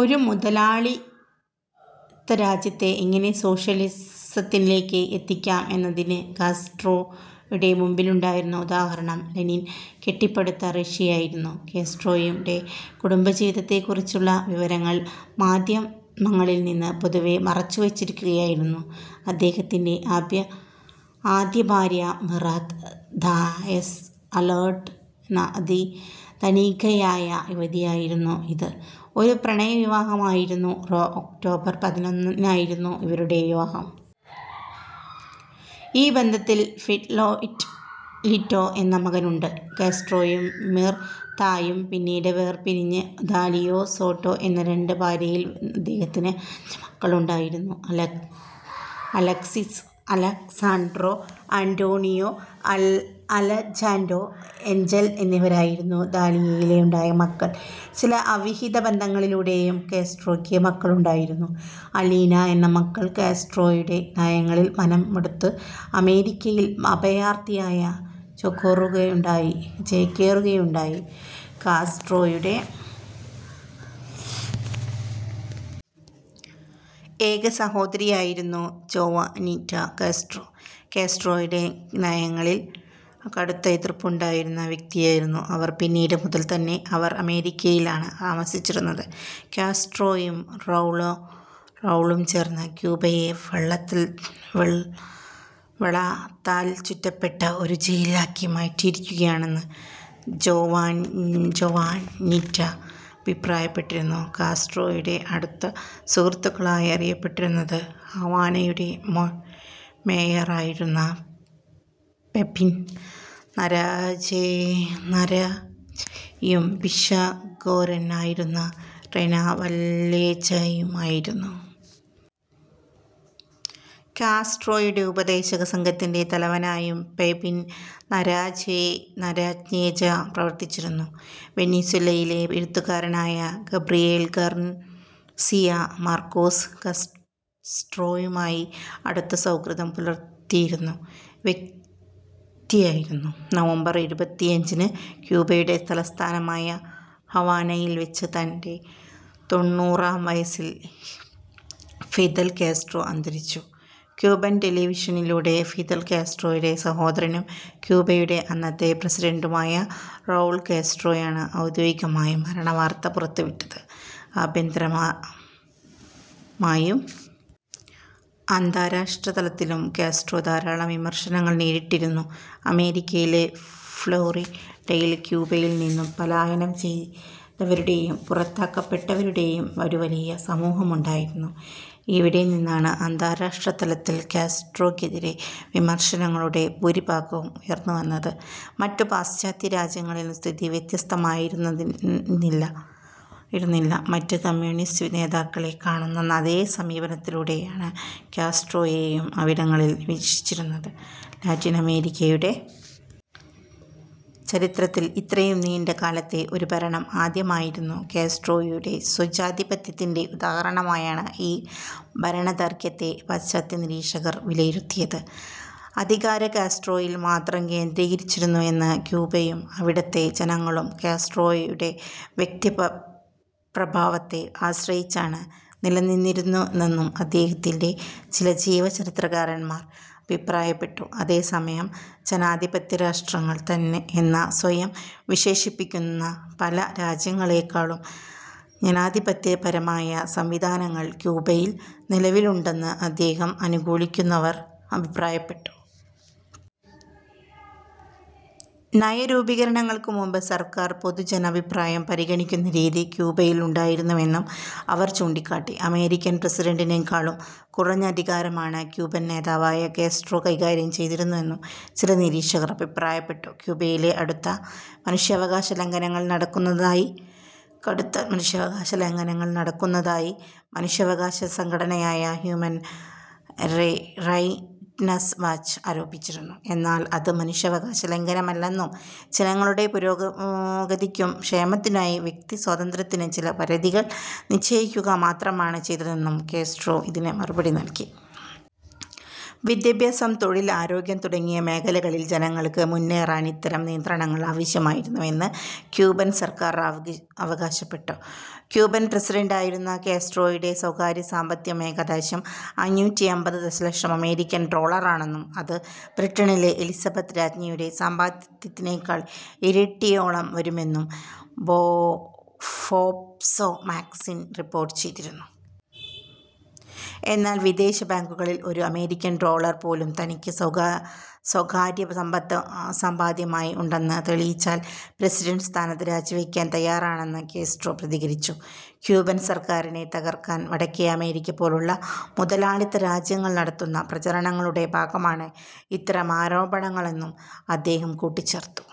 ഒരു മുതലാളിത്ത രാജ്യത്തെ എങ്ങനെ സോഷ്യലിസത്തിലേക്ക് എത്തിക്കാം എന്നതിന് കാസ്ട്രോയുടെ മുമ്പിലുണ്ടായിരുന്ന ഉദാഹരണം ലെനിൻ കെട്ടിപ്പടുത്ത റഷ്യയായിരുന്നു. കാസ്ട്രോയുടെ കുടുംബജീവിതത്തെക്കുറിച്ചുള്ള വിവരങ്ങൾ മാധ്യമങ്ങളിൽ നിന്ന് പൊതുവേ മറച്ചുവെച്ചിരിക്കുകയായിരുന്നു. അദ്ദേഹത്തിൻ്റെ ആദ്യ ആദ്യഭാര്യ മിർത ദയാസ് ബലാർട്ട് എന്ന ധനികയായ യുവതിയായിരുന്നു. ഇത് ഒരു പ്രണയവിവാഹമായിരുന്നു. ഒക്ടോബർ പതിനൊന്നിനായിരുന്നു ഇവരുടെ വിവാഹം. ഈ ബന്ധത്തിൽ ഫിഡെലിറ്റോ എന്ന മകനുണ്ട്. കാസ്ട്രോയും മിർതയും പിന്നീട് വേർപിരിഞ്ഞു. ദാലിയ സോട്ടോ എന്ന രണ്ടാം ഭാര്യയിൽ അദ്ദേഹത്തിന് അഞ്ച് മക്കളുണ്ടായിരുന്നു. Alexis, Alexander, Antonio, Alejandro, Angel എന്നിവരായിരുന്നു ദാലിയയിൽ ഉണ്ടായ മക്കൾ. ചില അവിഹിത ബന്ധങ്ങളിലൂടെയും കാസ്ട്രോയ്ക്ക് മക്കളുണ്ടായിരുന്നു. അലീന എന്ന മകൾ കാസ്ട്രോയുടെ നയങ്ങളിൽ മനംമടുത്ത് അമേരിക്കയിൽ അഭയാർത്ഥിയായി ചേക്കേറുകയുണ്ടായി. കാസ്ട്രോയുടെ ഏക സഹോദരി ആയിരുന്നു ജോവാനിറ്റ കാസ്ട്രോ. കാസ്ട്രോയുടെ നയങ്ങളിൽ കടുത്ത എതിർപ്പുണ്ടായിരുന്ന വ്യക്തിയായിരുന്നു അവർ. പിന്നീട് മുതൽ തന്നെ അവർ അമേരിക്കയിലാണ് താമസിച്ചിരുന്നത്. കാസ്ട്രോയും റൗളും ചേർന്ന് ക്യൂബയെ വെള്ളത്താൽ ചുറ്റപ്പെട്ട ഒരു ജയിലാക്കി മാറ്റിയിരിക്കുകയാണെന്ന് ജോവാനിറ്റ ജോവാനിറ്റ അഭിപ്രായപ്പെട്ടിരുന്നു. കാസ്ട്രോയുടെ അടുത്ത സുഹൃത്തുക്കളായി അറിയപ്പെട്ടിരുന്നത് ഹവാനയുടെ മേയറായിരുന്ന പെപിൻന രാഞ്ജോയും നരാഞ്ജോയും ഭിഷഗ്വരനായിരുന്ന റെനെ വല്ലേജോയുമായിരുന്നു. കാസ്ട്രോയുടെ ഉപദേശക സംഘത്തിൻ്റെ തലവനായും പെപിൻന രാഞ്ജോ നരാഞ്ജോ പ്രവർത്തിച്ചിരുന്നു. വെനിസ്വേലയിലെ എഴുത്തുകാരനായ ഗബ്രിയേൽ ഗാർസിയ മാർക്വേസ് കാസ്ട്രോയുമായി അടുത്ത സൗഹൃദം പുലർത്തിയിരുന്ന വ്യക്തിയായിരുന്നു. നവംബർ ഇരുപത്തിയഞ്ചിന് ക്യൂബയുടെ തലസ്ഥാനമായ ഹവാനയിൽ വെച്ച് തൻ്റെ തൊണ്ണൂറാം വയസ്സിൽ ഫിദൽ കാസ്ട്രോ അന്തരിച്ചു. ക്യൂബൻ ടെലിവിഷനിലൂടെ ഫിദൽ കാസ്ട്രോയുടെ സഹോദരനും ക്യൂബയുടെ അന്നത്തെ പ്രസിഡന്റുമായ റൗൾ കാസ്ട്രോയാണ് ഔദ്യോഗികമായി മരണവാർത്ത പുറത്തുവിട്ടത്. ആഭ്യന്തരമായും അന്താരാഷ്ട്ര തലത്തിലും കാസ്ട്രോ ധാരാളം വിമർശനങ്ങൾ നേരിട്ടിരുന്നു. അമേരിക്കയിലെ ഫ്ലോറിഡയിൽ ക്യൂബയിൽ നിന്ന് പലായനം ചെയ്തവരുടെയും പുറത്താക്കപ്പെട്ടവരുടെയും ഒരു വലിയ സമൂഹമുണ്ടായിരുന്നു. ഇവിടെ നിന്നാണ് അന്താരാഷ്ട്രതലത്തിൽ കാസ്ട്രോക്കെതിരായ വിമർശനങ്ങളുടെ ഭൂരിഭാഗവും ഉയർന്നുവന്നത്. മറ്റ് പാശ്ചാത്യ രാജ്യങ്ങളിലും സ്ഥിതി വ്യത്യസ്തമായിരുന്നില്ല. മറ്റ് കമ്മ്യൂണിസ്റ്റ് നേതാക്കളെ കാണുന്ന അതേ സമീപനത്തിലൂടെയാണ് കാസ്ട്രോയെയും അവിടങ്ങളിൽ വീക്ഷിച്ചിരുന്നത്. ലാറ്റിനമേരിക്കയുടെ ചരിത്രത്തിൽ ഇത്രയും നീണ്ട കാലത്തെ ഒരു ഭരണം ആദ്യമായിരുന്നു. കാസ്ട്രോയുടെ സ്വേച്ഛാധിപത്യത്തിൻ്റെ ഉദാഹരണമായാണ് ഈ ഭരണദൈർഘ്യത്തെ പാശ്ചാത്യ നിരീക്ഷകർ വിലയിരുത്തിയത്. അധികാരം കാസ്ട്രോയിൽ മാത്രം കേന്ദ്രീകരിച്ചിരുന്നുവെന്നും, ക്യൂബയും അവിടുത്തെ ജനങ്ങളും കാസ്ട്രോയുടെ വ്യക്തിപ്രഭാവത്തെ ആശ്രയിച്ചാണ് നിലനിന്നിരുന്നതെന്നും അദ്ദേഹത്തിൻ്റെ ചില ജീവചരിത്രകാരന്മാർ അഭിപ്രായപ്പെട്ടു. അതേസമയം, ജനാധിപത്യ രാഷ്ട്രങ്ങൾ എന്ന് സ്വയം വിശേഷിപ്പിക്കുന്ന പല രാജ്യങ്ങളേക്കാളും ജനാധിപത്യപരമായ സംവിധാനങ്ങൾ ക്യൂബയിൽ നിലവിലുണ്ടെന്ന് അദ്ദേഹത്തെ അനുകൂലിക്കുന്നവർ അഭിപ്രായപ്പെട്ടു. നയരൂപീകരണങ്ങൾക്ക് മുമ്പ് സർക്കാർ പൊതുജനാഭിപ്രായം പരിഗണിക്കുന്ന രീതി ക്യൂബയിൽ ഉണ്ടായിരുന്നുവെന്നും അവർ ചൂണ്ടിക്കാട്ടി. അമേരിക്കൻ പ്രസിഡന്റിനേക്കാളും കുറഞ്ഞ അധികാരമാണ് ക്യൂബൻ നേതാവായ കാസ്ട്രോ കൈകാര്യം ചെയ്തിരുന്നതെന്നും ചില നിരീക്ഷകർ അഭിപ്രായപ്പെട്ടു. ക്യൂബയിൽ കടുത്ത മനുഷ്യാവകാശ ലംഘനങ്ങൾ നടക്കുന്നതായി മനുഷ്യാവകാശ സംഘടനയായ ഹ്യൂമൻ റൈറ്റ്സ് വാച്ച് ആരോപിച്ചിരുന്നു. എന്നാൽ അത് മനുഷ്യാവകാശ ലംഘനമല്ലെന്നും, ജനങ്ങളുടെ പുരോഗതിക്കും ക്ഷേമത്തിനുമായി വ്യക്തിസ്വാതന്ത്ര്യത്തിന് ചില പരിധികൾ നിശ്ചയിക്കുക മാത്രമാണ് ചെയ്തതെന്നും കാസ്ട്രോ ഇതിന് മറുപടി നൽകി. വിദ്യാഭ്യാസം, തൊഴിൽ, ആരോഗ്യം തുടങ്ങിയ മേഖലകളിൽ ജനങ്ങൾക്ക് മുന്നേറാൻ ഇത്തരം നിയന്ത്രണങ്ങൾ ആവശ്യമായിരുന്നുവെന്ന് ക്യൂബൻ സർക്കാർ അവകാശപ്പെട്ടു. ക്യൂബൻ പ്രസിഡന്റായിരുന്ന കാസ്ട്രോയുടെ സ്വകാര്യസമ്പാദ്യം ഏകദേശം അഞ്ഞൂറ്റി അമ്പത് ദശലക്ഷം അമേരിക്കൻ ഡോളറാണെന്നും അത് ബ്രിട്ടനിലെ എലിസബത്ത് രാജ്ഞിയുടെ സമ്പാദ്യത്തേക്കാൾ ഇരട്ടിയോളം വരുമെന്നും ഫോബ്സ്ഫോബ്സ് മാഗസിൻ റിപ്പോർട്ട് ചെയ്തിരുന്നു. എന്നാൽ വിദേശ ബാങ്കുകളിൽ ഒരു അമേരിക്കൻ ഡോളർ പോലും തനിക്ക് സ്വകാര്യ സമ്പാദ്യമായി ഉണ്ടെന്ന് തെളിയിച്ചാൽ പ്രസിഡന്റ് സ്ഥാനം രാജിവെക്കാൻ തയ്യാറാണെന്ന് കാസ്ട്രോ പ്രതികരിച്ചു. ക്യൂബൻ സർക്കാരിനെ തകർക്കാൻ വടക്കേ അമേരിക്ക പോലുള്ള മുതലാളിത്ത രാജ്യങ്ങൾ നടത്തുന്ന പ്രചാരണങ്ങളുടെ ഭാഗമാണ് ഇത്തരം ആരോപണങ്ങളെന്നും അദ്ദേഹം കൂട്ടിച്ചേർത്തു.